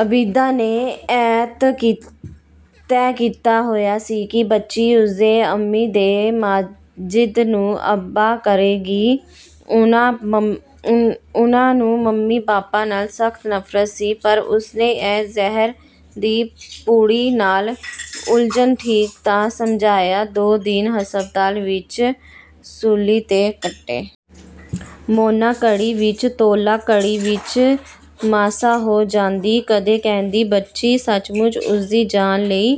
ਆਬਿਦਾ ਨੇ ਤੈਅ ਕੀਤਾ ਹੋਇਆ ਸੀ ਕਿ ਬੱਚੀ ਉਸਨੂੰ ਅੰਮੀ, ਤੇ ਮਾਜਿਦ ਨੂੰ ਅੱਬਾ ਕਹੇਗੀ। ਉਸਨੂੰ ਮੰਮੀ-ਪਾਪਾ ਨਾਲ ਸਖ਼ਤ ਨਫ਼ਰਤ ਸੀ। ਪਰ ਉਸਨੇ ਇਸ ਜ਼ਹਿਰ ਦੀ ਪੁੜੀ ਨਾਲ ਉਲਝਣਾ ਠੀਕ ਨਾ ਸਮਝਿਆ। ਦੋ ਦਿਨ ਹਸਪਤਾਲ ਵਿੱਚ ਸੂਲੀ 'ਤੇ ਕੱਟੇ। ਮੋਨਾ ਘੜੀ ਵਿੱਚ ਤੋਲਾ, ਘੜੀ ਵਿੱਚ ਮਾਸਾ ਹੋ ਜਾਂਦੀ। ਕਦੇ ਕਹਿੰਦੀ ਬੱਚੀ ਸੱਚਮੁੱਚ ਉਸਦੀ ਜਾਨ ਲਈ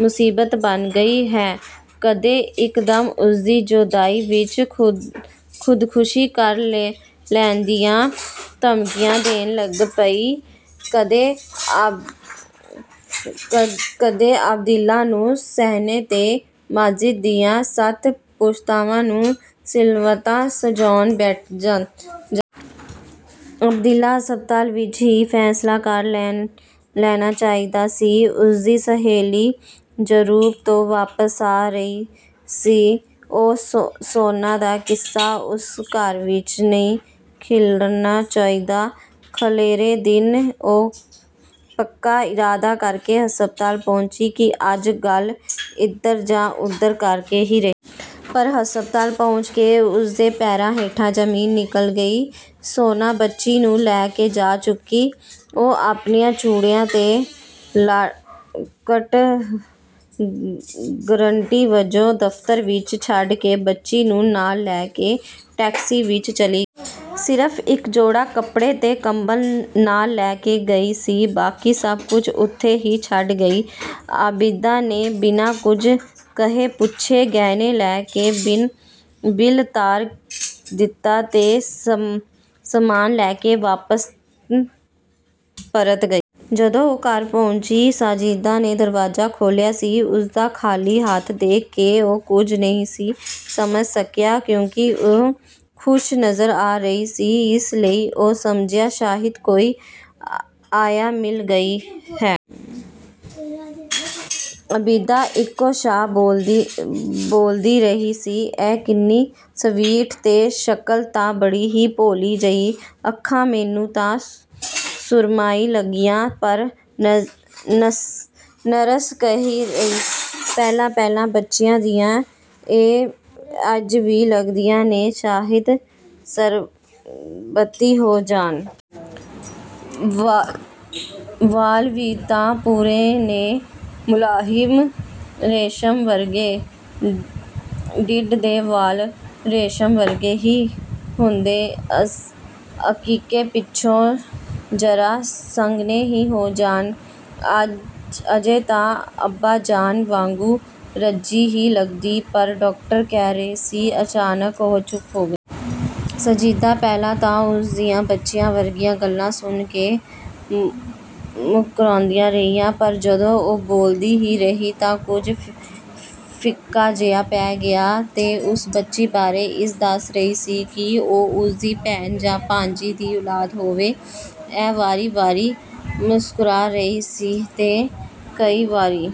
ਮੁਸੀਬਤ ਬਣ ਗਈ ਹੈ, ਕਦੇ ਇੱਕਦਮ ਉਸਦੀ ਜੁਦਾਈ ਵਿੱਚ ਖ਼ੁਦਕਸ਼ੀ ਕਰ ਲੈਣ ਦੀਆਂ ਧਮਕੀਆਂ ਦੇਣ ਲੱਗ ਪੈਂਦੀ, ਕਦੇ ਆਬਿਦਾ ਨੂੰ ਮਿਹਣੇ ਤੇ ਮਾਜਿਦ ਦੀਆਂ ਸੱਤ ਪੁਸ਼ਤਾਂ ਨੂੰ ਸਿਲਵਤਾਂ ਸੁਣਾਉਣ ਬੈਠ ਜਾਂਦੀ। ਆਬਿਦਾ ਹਸਪਤਾਲ ਵਿੱਚ ਹੀ ਫ਼ੈਸਲਾ ਕਰ ਲੈਣਾ ਚਾਹੁੰਦੀ ਸੀ। ਉਸਦੀ ਸਹੇਲੀ ਯੂਰਪ ਤੋਂ ਵਾਪਸ ਆ ਰਹੀ ਸੀ, ਉਹ ਮੋਨਾ ਦਾ ਕਿੱਸਾ ਉਸ ਘਰ ਵਿੱਚ ਨਹੀਂ ਸੀ ਖਿਲਾਰਨਾ ਚਾਹੁੰਦੀ। ਅਖੀਰਲੇ ਦਿਨ ਉਹ ਪੱਕਾ ਇਰਾਦਾ ਕਰਕੇ ਹਸਪਤਾਲ ਪਹੁੰਚੀ ਕਿ ਅੱਜ ਗੱਲ ਇਧਰ ਜਾਂ ਉਧਰ ਕਰਕੇ ਹੀ ਰਹੇਗੀ। ਪਰ, ਹਸਪਤਾਲ ਪਹੁੰਚ ਕੇ ਉਸਦੇ ਪੈਰਾਂ ਹੇਠੋਂ ਜ਼ਮੀਨ ਨਿਕਲ ਗਈ। ਮੋਨਾ ਬੱਚੀ ਨੂੰ ਲੈ ਕੇ ਜਾ ਚੁੱਕੀ ਸੀ। ਉਹ ਆਪਣੀਆਂ ਚੂੜੀਆਂ ਤੇ ਲਾਕਟ ਗਰੰਟੀ ਵਜੋਂ ਦਫ਼ਤਰ ਵਿੱਚ ਛੱਡ ਕੇ ਬੱਚੀ ਨੂੰ ਨਾਲ ਲੈ ਕੇ ਟੈਕਸੀ ਵਿੱਚ ਚਲੀ ਗਈ ਸੀ। ਸਿਰਫ ਇੱਕ ਜੋੜਾ ਕੱਪੜੇ ਤੇ ਕੰਬਲ ਨਾਲ ਲੈ ਗਈ ਸੀ, ਬਾਕੀ ਸਭ ਕੁਝ ਉੱਥੇ ਹੀ ਛੱਡ ਗਈ ਸੀ। ਆਬਿਦਾ ਨੇ ਬਿਨਾਂ ਕੁਝ ਕਹੇ-ਪੁੱਛੇ ਗਹਿਣੇ ਲੈ ਕੇ ਬਿੱਲ ਤਾਰ ਦਿੱਤਾ ਤੇ ਸਾਮਾਨ ਲੈ-ਕੇ ਵਾਪਸ ਪਰਤ ਆਈ। ਜਦੋਂ ਉਹ ਘਰ ਪਹੁੰਚੀ, ਮਾਜਿਦ ਨੇ ਦਰਵਾਜ਼ਾ ਖੋਲ੍ਹਿਆ ਸੀ। ਉਸਨੂੰ ਖ਼ਾਲੀ ਹੱਥ ਦੇਖ ਕੇ ਉਹ ਕੁਝ ਵੀ ਨਹੀਂ ਸੀ ਸਮਝ ਸਕਿਆ। ਕਿਉਂਕਿ ਉਹ ਖੁਸ਼ ਨਜ਼ਰ ਆ ਰਹੀ ਸੀ, ਇਸ ਲਈ ਉਹ ਸਮਝਿਆ ਸ਼ਾਇਦ ਕੋਈ ਆਇਆ ਮਿਲ ਗਈ ਹੈ। ਆਬਿਦਾ ਇੱਕੋ ਸਾਹ ਬੋਲਦੀ ਜਾ ਰਹੀ ਸੀ। ਹਾਏ ਕਿੰਨੀ ਸਵੀਟ ਹੈ-- ਤੇ ਸ਼ਕਲ ਤਾਂ ਬੜੀ ਹੀ ਭੋਲੀ ਜਿਹੀ ਹੈ! ਅੱਖਾਂ ਮੈਨੂੰ ਤਾਂ ਸੁਰਮਈ ਲੱਗੀਆਂ, ਪਰ ਨਰਸ ਕਹਿ ਰਹੀ ਸੀ, ਪਹਿਲਾਂ-ਪਹਿਲਾਂ ਬੱਚਿਆਂ ਦੀਆਂ ਇੰਜ ਹੀ ਲੱਗਦੀਆਂ ਨੇ ਸ਼ਾਇਦ ਸ਼ਰਬਤੀ ਹੋ ਜਾਣ! ਵਾਲ ਵੀ ਤਾਂ ਭੂਰੇ ਨੇ ਮੁਲਾਇਮ; ਰੇਸ਼ਮ ਵਰਗੇ, ਢਿੱਡ ਦੇ ਵਾਲ ਰੇਸ਼ਮ ਵਰਗੇ ਹੀ ਹੁੰਦੇ ਨੇ। ਅਕੀਕੇ ਪਿੱਛੋਂ ਜ਼ਰਾ ਸੰਘਣੇ ਹੋ ਜਾਣਗੇ। ਅਜੇ ਤਾਂ ਅੱਬਾ ਜਾਨ ਵਾਂਗਰ ਗੰਜੀ ਹੀ ਲੱਗਦੀ ਹੈ। ਪਰ ਡਾਕਟਰ ਕਹਿ ਰਹੀ ਸੀ" ਅਚਾਨਕ ਉਹ ਚੁੱਪ ਹੋ ਗਈ। ਮਾਜਿਦ ਪਹਿਲਾਂ ਤਾਂ ਉਸ ਦੀਆਂ ਬੱਚਿਆਂ ਵਰਗੀਆਂ ਗੱਲਾਂ ਸੁਣ ਕੇ ਮੁਸਕਰਾਉਂਦਾ ਰਿਹਾ, ਪਰ ਜਦੋਂ ਉਹ ਬੋਲਦੀ ਹੀ ਰਹੀ ਤਾਂ ਕੁਝ ਫਿੱਕਾ ਜਿਹਾ ਪੈ ਗਿਆ। ਉਹ ਉਸ ਬੱਚੀ ਬਾਰੇ ਇੰਜ ਦੱਸ ਰਹੀ ਸੀ ਜਿਵੇਂ ਉਹ ਉਸਦੀ ਭੈਣ ਜਾਂ ਭਾਂਜੀ ਦੀ ਔਲਾਦ ਹੋਵੇ। ਉਹ ਵਾਰੀ-ਵਾਰੀ ਮੁਸਕਰਾ ਰਹੀ ਸੀ ਤੇ ਕਈ ਵਾਰੀ